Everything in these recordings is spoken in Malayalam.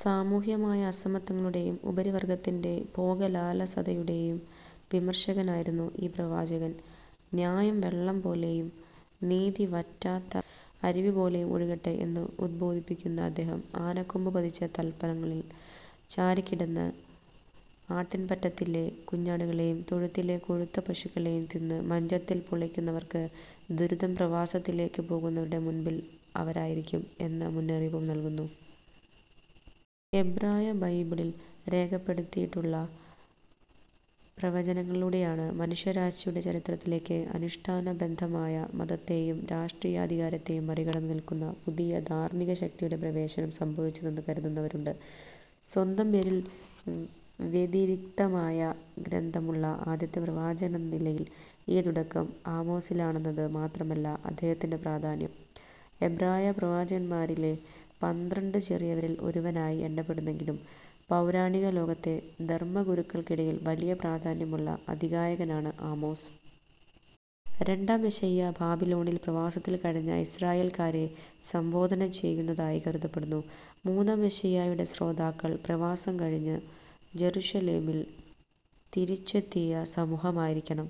സാമൂഹ്യമായ അസമത്വങ്ങളുടേയും ഉപരിവർഗ്ഗത്തിന്റെ ഭോഗലാലസതയുടേയും വിമർശകനായിരുന്നു ഈ പ്രവാചകൻ. "ന്യായം വെള്ളംപോലെയും നീതി വറ്റാത്ത അരുവിപോലെയും ഒഴുകട്ടെ" എന്ന് ഉദ്ബോധിപ്പിക്കുന്ന അദ്ദേഹം, "ആനക്കൊമ്പു പതിച്ച തല്പങ്ങളിൽ ചാരിക്കിടന്ന് ആട്ടിൻപറ്റത്തിലെ കുഞ്ഞാടുകളേയും, തൊഴുത്തിലെ കൊഴുത്ത പശുക്കളേയും തിന്ന് മഞ്ചത്തിൽ പുളയ്ക്കുന്നവർക്ക് ദുരിതംപ്രവാസത്തിലേക്കു പോകുന്നവരുടെ മുമ്പിൽ അവരായിരിക്കും" എന്ന മുന്നറിയിപ്പും നൽകുന്നു. എബ്രായബൈബിളിൽ രേഖപ്പെടുത്തപ്പെട്ടിട്ടുള്ള പ്രവചനങ്ങളിലൂടെയാണ്, മനുഷ്യരാശിയുടെ ചരിത്രത്തിലേക്ക് അനുഷ്ഠാനബദ്ധമായ മതത്തെയും രഷ്ട്രീയാധികാരത്തേയും മറികടന്നു നിൽക്കുന്ന പുതിയ ധാർമ്മികശക്തിയുടെ പ്രവേശനം സംഭവിച്ചതെന്നു കരുതുന്നവരുണ്ട്. സ്വന്തം പേരിൽ വ്യതിരിക്തമായ ഗ്രന്ഥമുള്ള ആദ്യത്തെ പ്രവാചകനെന്ന നിലയിൽ, ഈ തുടക്കം ആമോസിലാണെന്നതു മാത്രമല്ല അദ്ദേഹത്തിന്റെ പ്രാധാന്യം. എബ്രായ പ്രവാചകന്മാരിലെ പന്ത്രണ്ടു 'ചെറിയവരിൽ' ഒരുവനായി എണ്ണപ്പെടുന്നെങ്കിലും, പൗരാണികലോകത്തെ ധർമ്മഗുരുക്കൾക്കിടയിൽ വലിയ പ്രാധാന്യമുള്ള അതികായനാണ് ആമോസ്. രണ്ടാം ഏശയ്യാ ബാബിലോണിൽ പ്രവാസത്തിൽ കഴിഞ്ഞ ഇസ്രായേൽക്കാരെ സംബോധന ചെയ്യുന്നതായി കരുതപ്പെടുന്നു. മൂന്നാം ഏശയ്യായുടെ ശ്രോതാക്കൾ പ്രവാസം കഴിഞ്ഞ് ജറുസലെമിൽ തിരിച്ചെത്തിയ സമൂഹമായിരിക്കണം.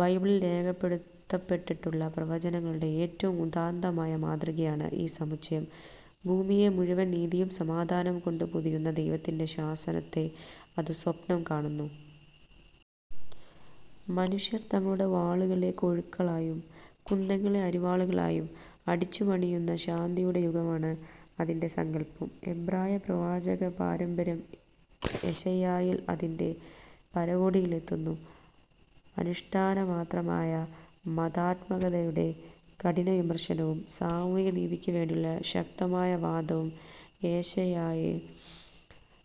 ബൈബിളിൽ രേഖപ്പെടുത്തപ്പെട്ടിട്ടുള്ള പ്രവചനങ്ങളുടെ ഏറ്റവും ഉദാത്തമായ മാതൃകയാണ് ഈ സമുച്ചയം. ഭൂമിയെ മുഴുവൻ നീതിയും സമാധാനവും കൊണ്ടുപൊതിയുന്ന ദൈവത്തിന്റെ ശാസനത്തെ അത് സ്വപ്നം കാണുന്നു. മനുഷ്യർ തങ്ങളുടെ "വാളുകളെ കൊഴുക്കളായും കുന്തങ്ങളെ അരിവാളുകളായും അടിച്ചുപണിയുന്ന" ശാന്തിയുടെ യുഗമാണ് അതിന്റെ സങ്കല്പം. എബ്രായപ്രവാചകപാരമ്പര്യം ഏശയ്യായിൽ അതിന്റെ പരകോടിയിലെത്തുന്നു. അനുഷ്ഠാനമാത്രമായ മതാത്മകതയുടെ കഠിനവിമർശനവും സാമൂഹ്യനീതിക്കുവേണ്ടിയുള്ള ശക്തമായ വാദവും ഏശയ്യായെ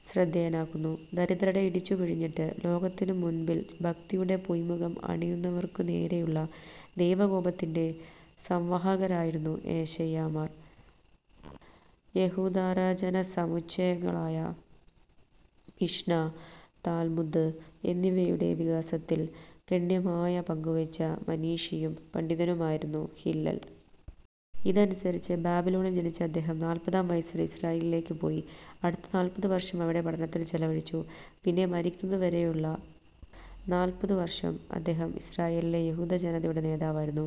ശ്രദ്ധേയനാക്കുന്നു. ദരിദ്രരെ ഇടിച്ചുപിഴിഞ്ഞിട്ട് ലോകത്തിനുമുൻപിൽ ഭക്തിയുടെ പൊയ്മുഖം അണിയുന്നവർക്കുനേരേയുള്ള ദൈവകോപത്തിന്റെ സംവാഹകരായിരുന്നു 'ഏശയ്യാമാർ'. യഹൂദരചനാസമുച്ചയങ്ങളായ മിഷ്ന, താൽമുദ് എന്നിവയുടെ വികാസത്തിൽ ഗണ്യമായ പങ്കുവഹിച്ച മനീഷിയും പണ്ഡിതനുമായിരുന്നു ഹില്ലൽ. ഇതനുസരിച്ച്, ബാബിലോണിൽ ജനിച്ച അദ്ദേഹം നാല്പതാം വയസ്സിൽ ഇസ്രായേലിലേയ്ക്കു പോയി, അടുത്ത നാല്പതു വർഷം അവിടെ പഠനത്തിൽ ചെലവഴിച്ചു; പിന്നെ മരിക്കുന്നതുവരെയുള്ള നാല്പതുവരുഷം അദ്ദേഹം ഇസ്രായേലിലെ യഹൂദജനതയുടെ നേതാവായിരുന്നു.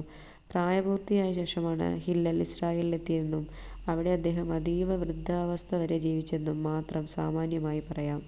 പ്രായപൂർത്തിയായ ശേഷമാണ് ഹില്ലൽ ഇസ്രായേലിലെത്തിയെന്നും അവിടെ അദ്ദേഹം അതീവ വൃദ്ധാവസ്ഥവരെ ജീവിച്ചെന്നും മാത്രം സാമാന്യമായി പറയാം.